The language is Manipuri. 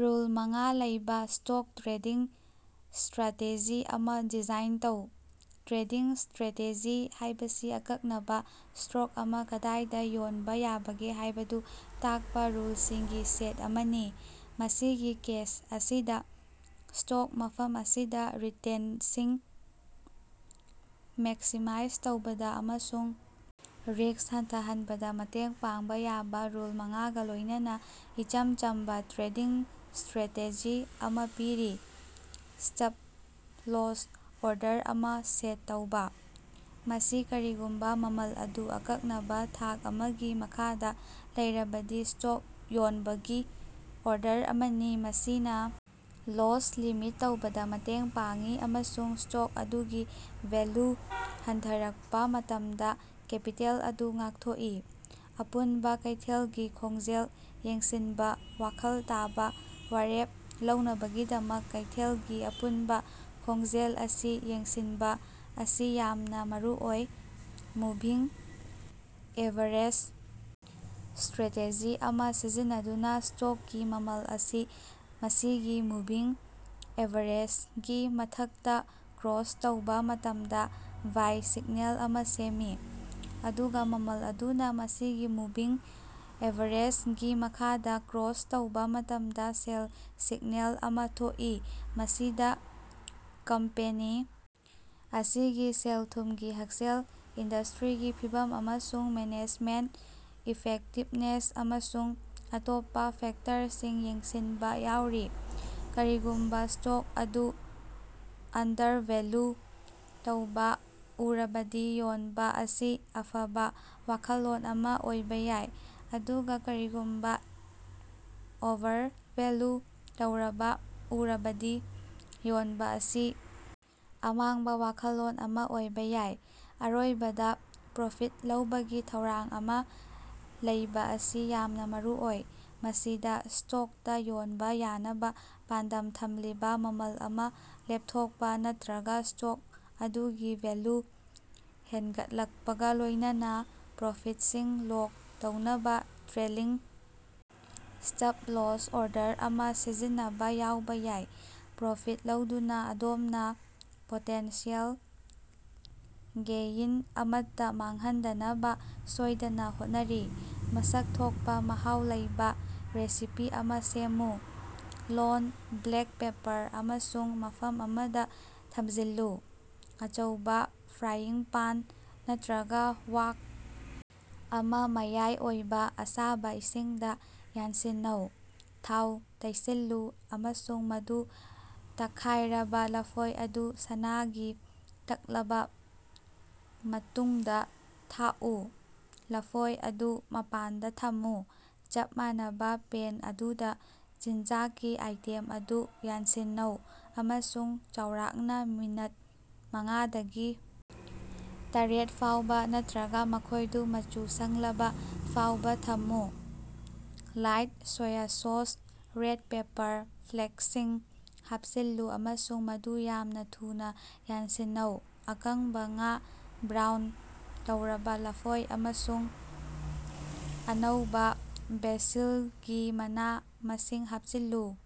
ꯔꯨꯜ ꯃꯉꯥ ꯂꯩꯕꯥ ꯁ꯭ꯇꯣꯛ ꯇ꯭ꯔꯦꯗꯤꯡ ꯁ꯭ꯇꯔꯥꯇꯦꯖꯤ ꯑꯃꯥ ꯗꯤꯖꯥꯏꯟ ꯇꯧ꯫ ꯇ꯭ꯔꯦꯗꯤꯡ ꯁ꯭ꯇꯔꯦꯇꯦꯖꯤ ꯍꯥꯏꯕꯁꯤ ꯑꯀꯛꯅꯕꯥ ꯁ꯭ꯇꯣꯛ ꯑꯃꯥ ꯀꯗꯥꯏꯗꯥ ꯌꯣꯟꯕꯥ ꯌꯥꯕꯒꯦ ꯍꯥꯏꯕꯗꯨ ꯇꯥꯛꯄꯥ ꯔꯨꯜꯁꯤꯡꯒꯤ ꯁꯦꯠ ꯑꯃꯅꯤ, ꯃꯁꯤꯒꯤ ꯀꯦꯁ ꯑꯁꯤꯗꯥ, ꯁ꯭ꯇꯣꯛ ꯃꯐꯝ ꯑꯁꯤꯗꯥ ꯔꯤꯇꯦꯟꯁꯤꯡ ꯃꯦꯛꯁꯤꯃꯥꯏꯖ ꯇꯧꯕꯗꯥ ꯑꯃꯁꯨꯡ ꯔꯤꯛꯁ ꯍꯟꯊꯍꯟꯕꯗꯥ ꯃꯇꯦꯡ ꯄꯥꯡꯕꯥ ꯌꯥꯕꯥ ꯔꯨꯜ ꯃꯉꯥꯒꯥ ꯂꯣꯏꯅꯅꯥ ꯏꯆꯝ ꯆꯝꯕꯥ ꯇ꯭ꯔꯦꯗꯤꯡ ꯁ꯭ꯇꯔꯦꯇꯦꯖꯤ ꯑꯃꯥ ꯄꯤꯔꯤ꯫ ꯁ꯭ꯇꯞ-ꯂꯣꯁ ꯑꯣꯔꯗꯔ ꯑꯃꯥ ꯁꯦꯠ ꯇꯧꯕꯥ: ꯃꯁꯤ ꯀꯔꯤꯒꯨꯝꯕꯥ ꯃꯃꯜ ꯑꯗꯨ ꯑꯀꯛꯅꯕꯥ ꯊꯥꯛ ꯑꯃꯒꯤ ꯃꯈꯥꯗꯥ ꯂꯩꯔꯕꯗꯤ ꯁ꯭ꯇꯣꯛ ꯌꯣꯟꯕꯥꯒꯤ ꯑꯣꯔꯗꯔ ꯑꯃꯅꯤ꯫ ꯃꯁꯤꯅꯥ ꯂꯣꯁ ꯂꯤꯃꯤꯠ ꯇꯧꯕꯗꯥ ꯃꯇꯦꯡ ꯄꯥꯡꯏ ꯑꯃꯁꯨꯡ ꯁ꯭ꯇꯣꯛ ꯑꯗꯨꯒꯤ ꯚꯦꯜꯂꯨ ꯍꯟꯊꯔꯛꯄꯥ ꯃꯇꯝꯗꯥ ꯀꯦꯄꯤꯇꯦꯜ ꯑꯗꯨ ꯉꯥꯛꯊꯣꯛꯏ꯫ ꯑꯄꯨꯟꯕꯥ ꯀꯩꯊꯦꯜꯒꯤ ꯈꯣꯡꯖꯦꯜ ꯌꯦꯡꯁꯤꯟꯕꯥ: ꯋꯥꯈꯜ ꯇꯥꯕꯥ ꯋꯥꯔꯦꯞ ꯂꯧꯅꯕꯒꯤꯗꯃꯛ ꯀꯩꯊꯦꯜ ꯒꯤ ꯑꯄꯨꯟꯕꯥ ꯈꯣꯡꯖꯦꯜ ꯑꯁꯤ ꯌꯦꯡꯁꯤꯟꯕꯥ ꯑꯁꯤ ꯌꯥꯝꯅꯥ ꯃꯔꯨꯑꯣꯏ꯫ ꯃꯨꯚꯤꯡ ꯑꯦꯚꯔꯦꯖ ꯁ꯭ꯇꯔꯦꯇꯦꯖꯤ ꯑꯃꯥ ꯁꯤꯖꯤꯟꯅꯗꯨꯅꯥ ꯁ꯭ꯇꯣꯛꯀꯤ ꯃꯃꯜ ꯑꯁꯤ ꯃꯁꯤꯒꯤ ꯃꯨꯚꯤꯡ ꯑꯦꯚꯔꯦꯖꯒꯤ ꯃꯊꯛꯇꯥ ꯀ꯭ꯔꯣꯁ ꯇꯧꯕꯥ ꯃꯇꯝꯗꯥ ꯕꯥꯏ ꯁꯤꯛꯅꯦꯜ ꯑꯃꯥ ꯁꯦꯝꯃꯤ, ꯑꯗꯨꯒꯥ ꯃꯃꯜ ꯑꯗꯨꯅꯥ ꯃꯁꯤꯒꯤ ꯃꯨꯚꯤꯡ ꯑꯦꯚꯔꯦꯖꯒꯤ ꯃꯈꯥꯗꯥ ꯀ꯭ꯔꯣꯁ ꯇꯧꯕꯥ ꯃꯇꯝꯗꯥ ꯁꯦꯜ ꯁꯤꯛꯅꯦꯜ ꯑꯃꯥ ꯊꯣꯛꯏ꯫ ꯃꯁꯤꯗꯥ ꯀꯝꯄꯦꯅꯤ ꯑꯁꯤꯒꯤ ꯁꯦꯜ-ꯊꯨꯝꯒꯤ ꯍꯛꯁꯦꯜ, ꯏꯟꯗꯁꯇ꯭ꯔꯤꯒꯤ ꯐꯤꯚꯝ ꯑꯃꯁꯨꯡ ꯃꯦꯅꯦꯖꯃꯦꯟꯇ ꯏꯐꯦꯛꯇꯤꯕꯅꯦꯁ, ꯑꯃꯁꯨꯡ ꯑꯇꯣꯞꯄꯥ ꯐꯦꯛꯇꯔꯁꯤꯡ ꯌꯦꯡꯁꯤꯟꯕꯥ ꯌꯥꯎꯔꯤ꯫ ꯀꯔꯤꯒꯨꯝꯕꯥ ꯁ꯭ꯇꯣꯛ ꯑꯗꯨ ꯑꯟꯗꯔꯚꯦꯂꯨ ꯇꯧꯕꯥ ꯎꯔꯕꯗꯤ ꯌꯣꯟꯕꯥ ꯑꯁꯤ ꯑꯐꯕꯥ ꯋꯥꯈꯜꯂꯣꯟ ꯑꯃꯥ ꯑꯣꯏꯕꯥ ꯌꯥꯏ, ꯑꯗꯨꯒꯥ ꯀꯔꯤꯒꯨꯝꯕꯥ ꯑꯣꯚꯔꯚꯦꯂꯨ ꯇꯧꯔꯕꯥ ꯎꯔꯕꯗꯤ ꯌꯣꯟꯕꯥ ꯑꯁꯤ ꯑꯃꯥꯡꯕ ꯋꯥꯈꯜꯂꯣꯟ ꯑꯃꯥ ꯑꯣꯏꯕꯥ ꯌꯥꯏ꯫ ꯑꯔꯣꯏꯕꯗꯥ, ꯄ꯭ꯔꯣꯐꯤꯠ ꯂꯧꯕꯒꯤ ꯊꯧꯔꯥꯡ ꯑꯃꯥ ꯂꯩꯕꯥ ꯑꯁꯤ ꯌꯥꯝꯅꯥ ꯃꯔꯨꯑꯣꯏ꯫ ꯃꯁꯤꯗꯥ ꯁ꯭ꯇꯣꯛꯇꯥ ꯌꯣꯟꯕꯥ ꯌꯥꯅꯕꯥ ꯄꯥꯟꯗꯝ ꯊꯝꯂꯤꯕꯥ ꯃꯃꯜ ꯑꯃꯥ ꯂꯦꯞꯊꯣꯛꯄꯥ, ꯅꯠꯇ꯭ꯔꯒꯥ ꯁ꯭ꯇꯣꯛ ꯑꯗꯨꯒꯤ ꯚꯦꯂꯨ ꯍꯦꯟꯒꯠꯂꯛꯄꯒꯥ ꯂꯣꯏꯅꯅꯥ ꯄ꯭ꯔꯣꯐꯤꯠꯁꯤꯡ ꯂꯣꯛ ꯇꯧꯅꯕꯥ ꯇ꯭ꯔꯦꯂꯤꯡ ꯁ꯭ꯇꯞ-ꯂꯣꯁ ꯑꯣꯔꯗꯔ ꯑꯃꯥ ꯁꯤꯖꯤꯟꯅꯕꯥ ꯌꯥꯎꯕꯥ ꯌꯥꯏ꯫ ꯄ꯭ꯔꯣꯐꯤꯠ ꯂꯧꯗꯨꯅꯥ ꯑꯗꯣꯝꯅꯥ ꯄꯣꯇꯦꯟꯁꯤꯌꯦꯜ ꯒꯦꯏꯟ ꯑꯃꯠꯇꯥ ꯃꯥꯡꯍꯟꯗꯅꯕꯥ ꯁꯣꯏꯗꯅꯥ ꯍꯣꯠꯅꯔꯤ꯫ ꯃꯁꯛ ꯊꯣꯛꯄꯥ ꯃꯍꯥꯎ ꯂꯩꯕꯥ ꯔꯦꯁꯤꯄꯤ ꯑꯃꯥ ꯁꯦꯝꯃꯨ꯫ ꯂꯣꯟ, ꯕ꯭ꯂꯦꯛ ꯄꯦꯄꯔ ꯑꯃꯁꯨꯡ ꯃꯐꯝ ꯑꯃꯗꯥ ꯊꯝꯖꯤꯜꯂꯨ꯫ ꯑꯆꯧꯕꯥ ꯐ꯭ꯔꯥꯏꯌꯤꯡꯄꯥꯟ ꯅꯠꯇ꯭ꯔꯒꯥ ꯋꯥꯛ ꯑꯃꯥ ꯃꯌꯥꯏ ꯑꯣꯏꯕꯥ ꯑꯁꯥꯕꯥ ꯏꯁꯤꯡꯗꯥ ꯌꯥꯟꯁꯤꯟꯅꯧ, ꯊꯥꯎ ꯇꯩꯁꯤꯜꯂꯨ ꯑꯃꯁꯨꯡ ꯃꯗꯨ ꯇꯛꯈꯥꯏꯔꯕꯥ ꯂꯐꯣꯏ ꯑꯗꯨ ꯁꯅꯥꯒꯤ ꯇꯛꯂꯕꯥ ꯃꯇꯨꯡꯗꯥ ꯊꯥꯛꯎ꯫ ꯂꯐꯣꯏ ꯑꯗꯨ ꯃꯄꯥꯟꯗꯥ ꯊꯝꯃꯨ꯫ ꯆꯞ ꯃꯥꯟꯅꯕꯥ ꯄꯦꯟ ꯑꯗꯨꯗꯥ, ꯆꯤꯟꯖꯥꯛꯀꯤ ꯑꯥꯏꯇꯦꯝ ꯑꯗꯨ ꯌꯥꯟꯁꯤꯟꯅꯧ ꯑꯃꯁꯨꯡ ꯆꯥꯎꯔꯥꯛꯅꯥ ꯃꯤꯅꯠ ꯃꯉꯥꯗꯒꯤ ꯇꯔꯦꯠ ꯐꯥꯎꯕꯥ ꯅꯠꯇ꯭ꯔꯒꯥ ꯃꯈꯣꯏꯗꯨ ꯃꯆꯨ ꯁꯪꯂꯕꯥ ꯐꯥꯎꯕꯥ ꯊꯝꯃꯨ꯫ Light soy sauce, red pepper ꯐ꯭ꯂꯦꯛꯁꯤꯡ ꯍꯥꯞꯆꯤꯜꯂꯨ ꯑꯃꯁꯨꯡ ꯃꯗꯨ ꯌꯥꯝꯅꯥ ꯊꯨꯅꯥ ꯌꯥꯟꯁꯤꯟꯅꯧ꯫ ꯑꯀꯪꯕꯥ ꯉꯥ, ꯕ꯭ꯔꯥꯎꯟ ꯇꯧꯔꯕꯥ ꯂꯐꯣꯏ ꯑꯃꯁꯨꯡ ꯑꯅꯧꯕꯥ ꯕꯦꯁꯤꯜꯒꯤ ꯃꯅꯥ-ꯃꯁꯤꯡ ꯍꯥꯞꯆꯤꯜꯂꯨ꯫